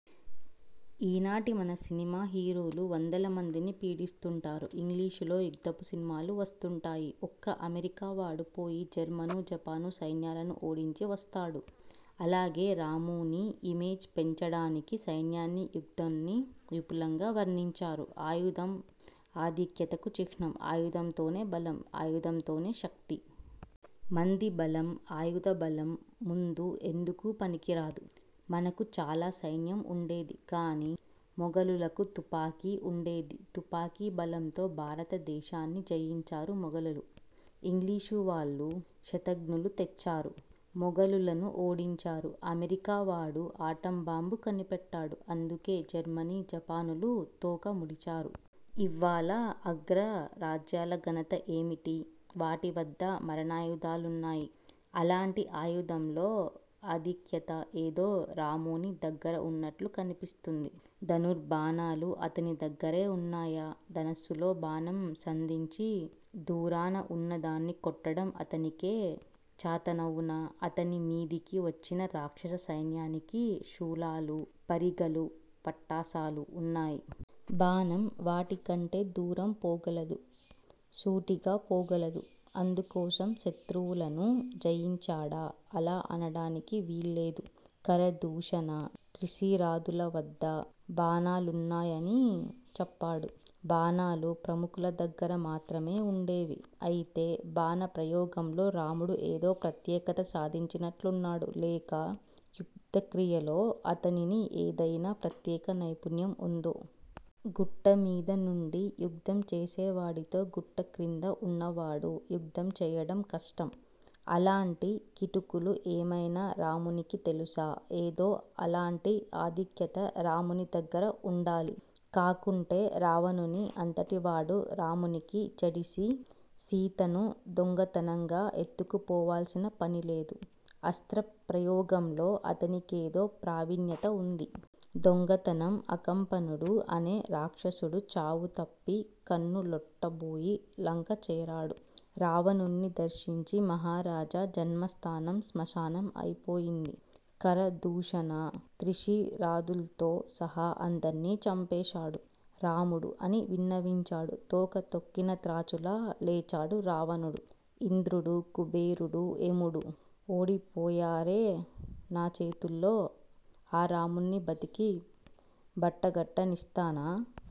ఈనాటి మన సినిమా హీరోలు వందలమందిని పీడిస్తుంటారు. ఇంగ్లీషులో యుద్ధపు సినిమాలు వస్తుంటాయి. ఒక్క అమెరికా వాడు పోయి జర్మను జపాను సైన్యాలను ఓడించి వస్తాడు. అలాగే రాముని ఇమేజ్ పెంచడానికి సైన్యాన్ని యుద్ధాన్ని విపులంగా వర్ణించారు. ఆయుధం ఆధిక్యతకు చిహ్నం. ఆయుధంతోనే బలం. ఆయుధంతోనే శక్తి. మంది బలం ఆయుధ బలం ముందు ఎందుకూ పనికిరాదు. మనకు చాల సైన్యం ఉండేది. కాని మొగలులకు తుపాకి ఉండేది. తుపాకి బలంతో భారతదేశాన్ని జయించారు మొగలులు. ఇంగ్లీషువాళ్ళు శతఘ్నులు తెచ్చారు. మొగలులను ఓడించారు. అమెరికా వాడు ఆటంబాంబు కనిపెట్టాడు. అందుకే జర్మనీ, జపానులు తోక ముడిచారు. ఇవ్వాళ అగ్రరాజ్యాల ఘనత ఏమిటి? వాటివద్ద మారణాయుధాలున్నాయి. అలాంటి ఆయుధంలో ఆధిక్యత ఏదో రాముని దగ్గర ఉన్నట్లు కనిపిస్తుంది. ధనుర్బాణాలు అతని దగ్గరే ఉన్నాయా? ధనస్సులో బాణం సంధించి దూరాన ఉన్నదాన్ని కొట్టడం అతనికే చాతనవునా? అతని మీదికి వచ్చిన రాక్షస సైన్యానికి శూలాలు, పరిఘలు, పట్టసాలు ఉన్నాయి. బాణం వాటి కంటే దూరం పోగలదు. సూటిగా పోగలదు. అందుకోసం శత్రువులను జయించాడా? అలా అనడానికి వీల్లేదు. ఖరదూషణ త్రిశిరాదుల వద్ద బాణాలున్నాయని చెప్పాడు. బాణాలు ప్రముఖుల దగ్గర మాత్రమే ఉండేవి. అయితే బాణ ప్రయోగంలో రాముడు ఏదో ప్రత్యేకత సాధించినట్లున్నాడు. లేక యుద్ధ క్రియలో అతనిని ఏదయినా ప్రత్యేక నైపుణ్యం ఉందో? గుట్టమీద నుండి యుద్ధం చేసేవాడితో గుట్ట క్రింద వున్నవాడు యుద్ధం చేయడం కష్టం. అలాంటి కిటుకులు ఏమైనా రామునికి తెలుసా? ఏదో అలాంటి ఆధిక్యత రాముని దగ్గర ఉండాలి. కాకుంటే రావణుని అంతటివాడు రామునికి జడిసి సీతను దొంగతనంగా ఎత్తుకుపోవాల్సిన పనిలేదు. అస్త్ర ప్రయోగంలో అతనికేదో ప్రావీణ్యత ఉంది. దొంగతనం: అకంపనుడు, అనే రాక్షసుడు చావుతప్పి కన్ను లొట్టబోయి లంక చేరాడు. రావణుణ్ణి దర్శించి మహారాజా! జన్మస్థానం శ్మశానం అయిపోయింది. ఖరదూషణ త్రిశిరాదుల్తో సహా అందర్నీ చంపేశాడు రాముడు అని విన్నవించాడు. తోక తొక్కిన త్రాచులా లేచాడు రావణుడు. ఇంద్రుడు, కుబేరుడూ, యముడూ ఓడిపోయారే నా చేతుల్లో, ఆ రాముణ్ణి బతికి బట్టకట్టనిస్తానా?